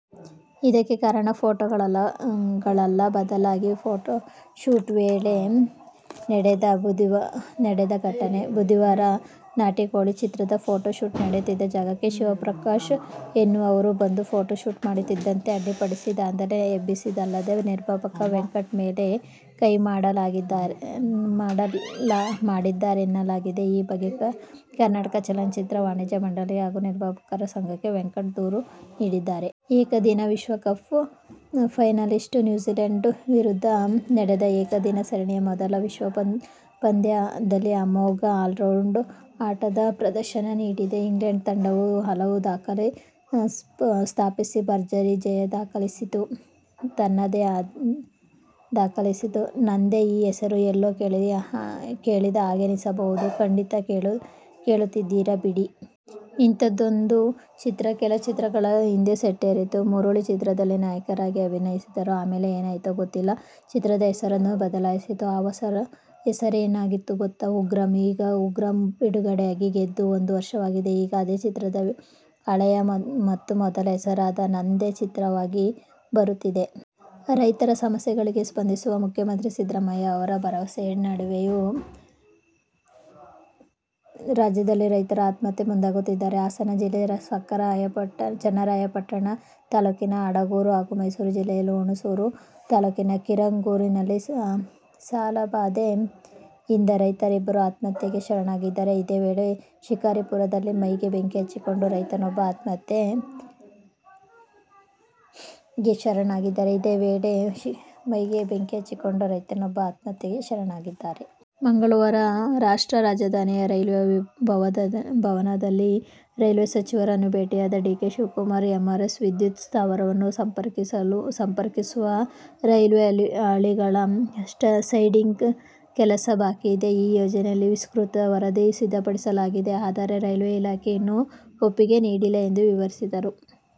ಅದಕ್ಕೆ ಕಾರಣ, ಫೋಟೋಗಳಲ್ಲ. ಬದಲಾಗಿ, ಫೋಟೋಶೂಟ್ ವೇಳೆ ನಡೆದ ಘಟನೆ. ಬುಧವಾರ "ನಾಟಿಕೋಳಿ' ಚಿತ್ರದ ಫೋಟೋಶೂಟ್ ನಡೆಯುತ್ತಿದ್ದ ಜಾಗಕ್ಕೆ ಶಿವಪ್ರಕಾಶ್ ಎನ್ನುವವರು ಬಂದು ಫೋಟೋಶೂಟ್ ಮಾಡದಂತೆ ಅಡ್ಡಿಪಡಿಸಿ ದಾಂಧಲೆ ಎಬ್ಬಿಸಿದ್ದಲ್ಲದೇ, ನಿರ್ಮಾಪಕ ವೆಂಕಟ್ ಮೇಲೆ ಕೈ ಮಾಡಿದ್ದಾರೆನ್ನಲಾಗಿದೆ. ಈ ಬಗ್ಗೆ ಕರ್ನಾಟಕ ಚಲನಚಿತ್ರ ವಾಣಿಜ್ಯ ಮಂಡಳಿ ಹಾಗೂ ನಿರ್ಮಾಪಕರ ಸಂಘಕ್ಕೆ ವೆಂಕಟ್ ದೂರು ನೀಡಿದ್ದಾರೆ. ಏಕದಿನ ವಿಶ್ವ ಕಪ್ನ ಫೈನಲಿಸ್ಟ್ ನ್ಯೂಜಿಲ್ಯಾಂಡ್ ವಿರುದ್ಧ ನಡೆದ ಏಕದಿನ ಸರಣಿಯ ಮೊದಲ ಪಂದ್ಯದಲ್ಲಿ ಅಮೋಘ ಆಲ್ರೌಂಡ್ ಆಟದ ಪ್ರದರ್ಶನ ನೀಡಿದ ಇಂಗ್ಲೆಂಡ್ ತಂಡವು ಹಲವು ದಾಖಲೆ ಸ್ಥಾಪಿಸಿ ಭರ್ಜರಿ ಜಯ ದಾಖಲಿಸಿತು. ನಂದೇ! ಈ ಹೆಸರು ಎಲ್ಲೋ ಕೇಳಿದ ಹಾಗನಿಸಬಹುದು. ಖಂಡಿತಾ ಕೇಳಿರುತ್ತೀರಾ ಬಿಡಿ. ಇಂಥದ್ದೊಂದು ಚಿತ್ರ ಕೆಲವು ವರ್ಷಗಳ ಹಿಂದೆ ಸೆಟ್ಟೇರಿತ್ತು. ಮುರಳಿ ಚಿತ್ರದಲ್ಲಿ ನಾಯಕರಾಗಿ ಅಭಿನಯಿಸಿದ್ದರು. ಆಮೇಲೆ ಏನಾಯಿತೋ ಗೊತ್ತಿಲ್ಲ, ಚಿತ್ರದ ಹೆಸರನ್ನು ಬದಲಾಯಿಸಲಾಯಿತು. ಆ ಹೊಸ ಹೆಸರೇನಾಗಿತ್ತು ಗೊತ್ತಾ? "ಉಗ್ರಂ'. ಈಗ "ಉಗ್ರಂ' ಬಿಡುಗಡೆಯಾಗಿ, ಗೆದ್ದು ಒಂದು ವರ್ಷವಾಗಿದೆ. ಈಗ ಅದೇ ಚಿತ್ರದ ಹಳೆಯ ಮತ್ತು ಮೊದಲ ಹೆಸರಾದ "ನಂದೇ' ಚಿತ್ರವಾಗಿ ಬರುತ್ತಿದೆ. ರೈತರ ಸಮಸ್ಯೆಗಳಿಗೆ ಸ್ಪಂದಿಸುವ ಮುಖ್ಯಮಂತ್ರಿ ಸಿದ್ದರಾಮಯ್ಯ ಅವರ ಭರವಸೆ ನಡುವೆಯೂ ರಾಜ್ಯದಲ್ಲಿ ರೈತರು ಆತ್ಮಹತ್ಯೆಗೆ ಮುಂದಾಗುತ್ತಿದ್ದಾರೆ. ಹಾಸನ ಜಿಲ್ಲೆ ಚನ್ನರಾಯಪಟ್ಟಣ ತಾಲೂಕಿನ ಅಡಗೂರು ಹಾಗೂ ಮೈಸೂರು ಜಿಲ್ಲೆ ಹುಣಸೂರು ತಾಲೂಕಿನ ಕಿರಂಗೂರುಗಳಲ್ಲಿ ಸಾಲಬಾಧೆಯಿಂದ ರೈತರಿಬ್ಬರು ಆತ್ಮಹತ್ಯೆಗೆ ಶರಣಾಗಿದ್ದಾರೆ. ಇದೇ ವೇಳೆ, ಶಿಕಾರಿಪುರದಲ್ಲಿ ಮೈಗೆ ಬೆಂಕಿ ಹಚ್ಚಿಕೊಂಡು ರೈತನೊಬ್ಬ ಆತ್ಮಹತ್ಯೆಗೆ ಯತ್ನಿಸಿದ್ದಾನೆ. ಮಂಗಳವಾರ ರಾಷ್ಟ್ರ ರಾಜಧಾನಿಯ ರೈಲ್ವೆ ಭವನದಲ್ಲಿ ರೈಲ್ವೆ ಸಚಿವರನ್ನು ಭೇಟಿಯಾದ ಡಿ. ಕೆ. ಶಿವಕುಮಾರ್, ಎರ್ಮರಸ್ ವಿದ್ಯುತ್ ಸ್ಥಾವರವನ್ನು ಸಂಪರ್ಕಿಸುವ ರೈಲ್ವೆ ಹಳಿಗಳ ಸೈಡಿಂಗ್ ಕೆಲಸ ಬಾಕಿ ಇದೆ. ಈ ಯೋಜನೆ ವಿಸ್ತೃತ ವರದಿ ಸಿದ್ಧಪಡಿಸಲಾಗಿದೆ. ಆದರೆ, ರೈಲ್ವೆ ಇಲಾಖೆ ಇನ್ನೂ ಒಪ್ಪಿಗೆ ನೀಡಿಲ್ಲ ಎಂದು ವಿವರಿಸಿದರು.